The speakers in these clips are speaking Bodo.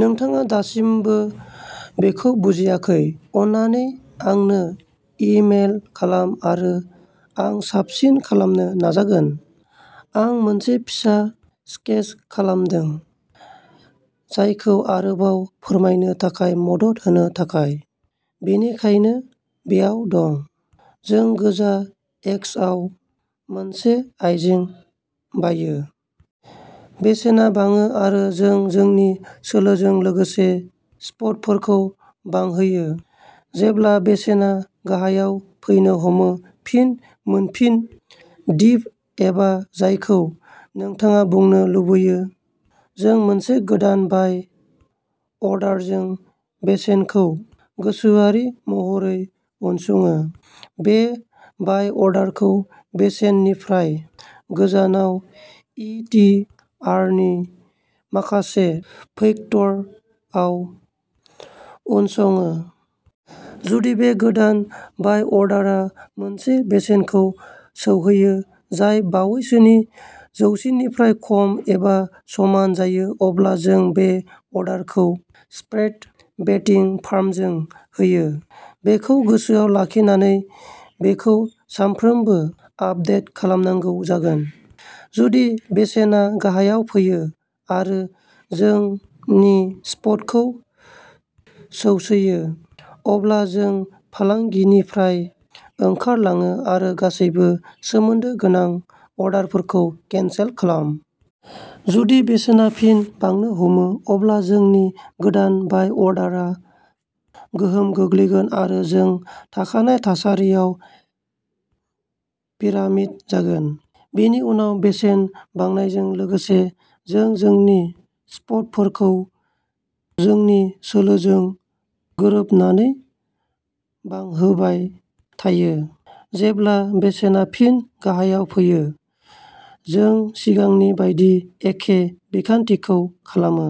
नोंथाङा दासिमबो बेखौ बुजियाखै, अन्नानै आंनो इ-मेल खालाम आरो आं साबसिन खालामनो नाजागोन। आं मोनसे फिसा स्केच खालामदों, जायखौ आरोबाव फोरमायनो थाखाय मदद होनो थाखाय। बेनिखायनो बेयाव दं। जों गोजा एक्सआव मोनसे आइजें बायो। बेसेना बाङो आरो जों जोंनि सोलोजों लोगोसे स्टपफोरखौ बांहोयो। जेब्ला बेसेना गाहायाव फैनो हमो, फिन मोनफिन, दिप एबा जायखौ नोंथाङा बुंनो लुबैयो, जों मोनसे गोदान बाय अर्डारजों बेसेनखौ गोसोआरि महरै उनसङो। बे बाय अर्डारखौ बेसेननिफ्राय गोजानाव ए टि आर नि माखासे फैक्टरआव उनसङो। जुदि बे गोदान बाय अर्डारआ मोनसे बेसेनखौ सौहैयो जाय बावैसोनि जौसिननिफ्राय खम एबा समान जायो, अब्ला जों बे अर्डारखौ स्प्रेड बेटिं फार्मजों होयो, बेखौ गोसोआव लाखिनानै बेखौ सानफ्रोमबो आपडेट खालामनांगौ जागोन। जुदि बेसेना गाहायाव फैयो आरो जोंनि स्टपखौ सौसैयो, अब्ला जों फालांगिनिफ्राय ओंखारलाङो आरो गासैबो सोमोन्दो गोनां अर्डारफोरखौ केनसेल खालाम। जुदि बेसेनआ फिन बांनो हमो, अब्ला जोंनि गोदान बाय अर्डारआ गोहोम गोग्लैगोन आरो जों थाखानाय थासारियाव पिरामिड जागोन। बेनि उनाव बेसेन बांनायजों लोगोसे जों जोंनि स्टपफोरखौ जोंनि सोलोजों गोरोबनानै बांहोबाय थायो। जेब्ला बेसेना फिन गाहायाव फैयो, जों सिगांनि बायदि एखे बिखान्थिखौ खालामो।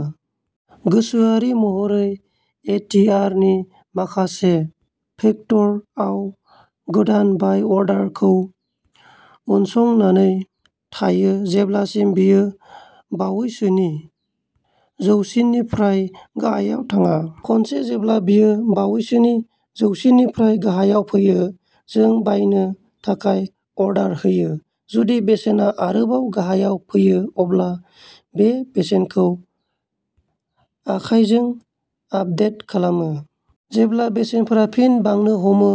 गोसोआरि महरै ए टि आर नि माखासे फैक्टरआव गोदान बाय अर्डारखौ उनसंनानै थायो जेब्लासिम बेयो बावैसोनि जौसिननिफ्राय गाहायाव थाङा। खनसे जेब्ला बेयो बावैसोनि जौसिननिफ्राय गाहायाव फैयो, जों बायनो थाखाय अर्डार होयो, जुदि बेसेना आरोबाव गाहायाव फैयो अब्ला बे बेसेनखौ आखाइजों आपडेट खालामो। जेब्ला बेसेनफोरा फिन बांनो हमो,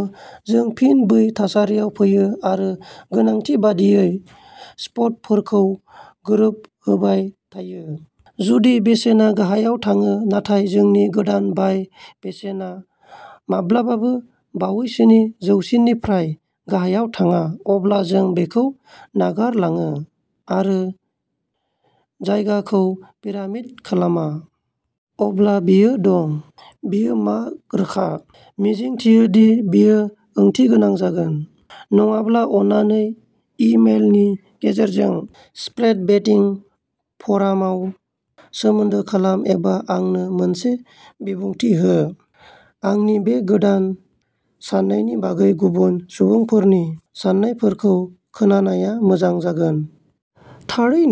जों फिन बै थासारियाव फैयो आरो गोनांथि बायदियै स्टपफोरखौ गोरोबहोबाय थायो। जुदि बेसेना गाहायाव थाङो नाथाय जोंनि गोदान बाय बेसेना माब्लाबाबो बावैसोनि जौसिननिफ्राय गाहायाव थाङा, अब्ला जों बेखौ नागारलाङो आरो जायगाखौ पिरामिड खालामा। अब्ला बेयो दं। बेयो मा रोखा। मिजिंथियो दि बेयो ओंथिगोनां जागोन। नङाब्ला अन्नानै ई-मेलनि गेजेरजों, स्प्रेड बेटिं फ'रामाव सोमोन्दो खालाम एबा आंनो मोनसे बिबुंथि हो। आंनि बे गोदान साननायनि बागै गुबुन सुबुंफोरनि साननायफोरखौ खोनानाया मोजां जागोन। थारै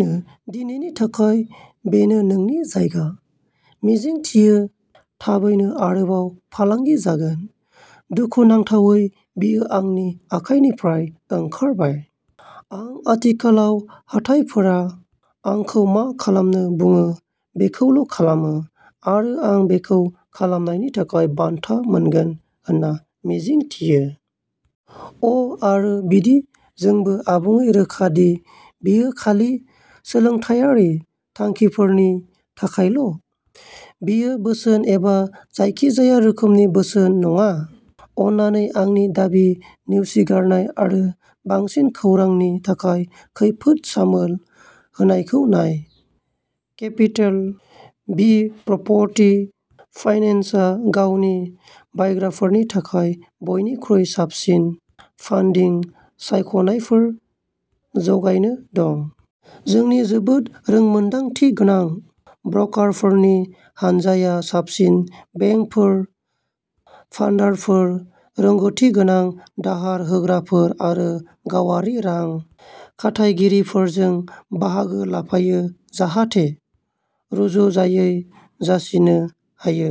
दिनैनि थाखाय बेनो नोंनि जायगा। मिजिंथियो थाबैनो आरोबाव फालांगि जागोन, दुखुनांथावै बेयो आंनि आखाइनिफ्राय ओंखारबाय। आं आथिखालाव हाथाइफोरा आंखौ मा खालामनो बुङो बेखौल' खालामो आरो आं बेखौ खालामनायनि थाखाय बान्था मोनगोन होनना मिजिंथियो। अ आरो बिदि जों आबुङै रोखा दि बेयो खालि सोलोंथायारि थांखिफोरनि थाखायल'। बेयो बोसोन एबा जायखिजाया रोखोमनि बोसोन नङा। अन्नानै आंनि दाबि नेवसिगारनाय आरो बांसिन खौरांनि थाखाय खैफोद सामोल होनायखौ नाय। केपिटेल बि प्रप'र्टि फाइनेन्सआ गावनि बायग्राफोरनि थाखाय बयनिख्रुइ साबसिन फान्डिं सायख'नायफोर जगायनो दं। जोंनि जोबोद रोंमोनदांथि गोनां ब्र'कारफोरनि हानजाया साबसिन बेंकफोर, फान्डारफोर, रोंग'थि गोनां दाहार होग्राफोर आरो गावारि रां खाथायगिरिफोरजों बाहागो लाफायो जाहाथे रुजुजायै जासिनो हायो।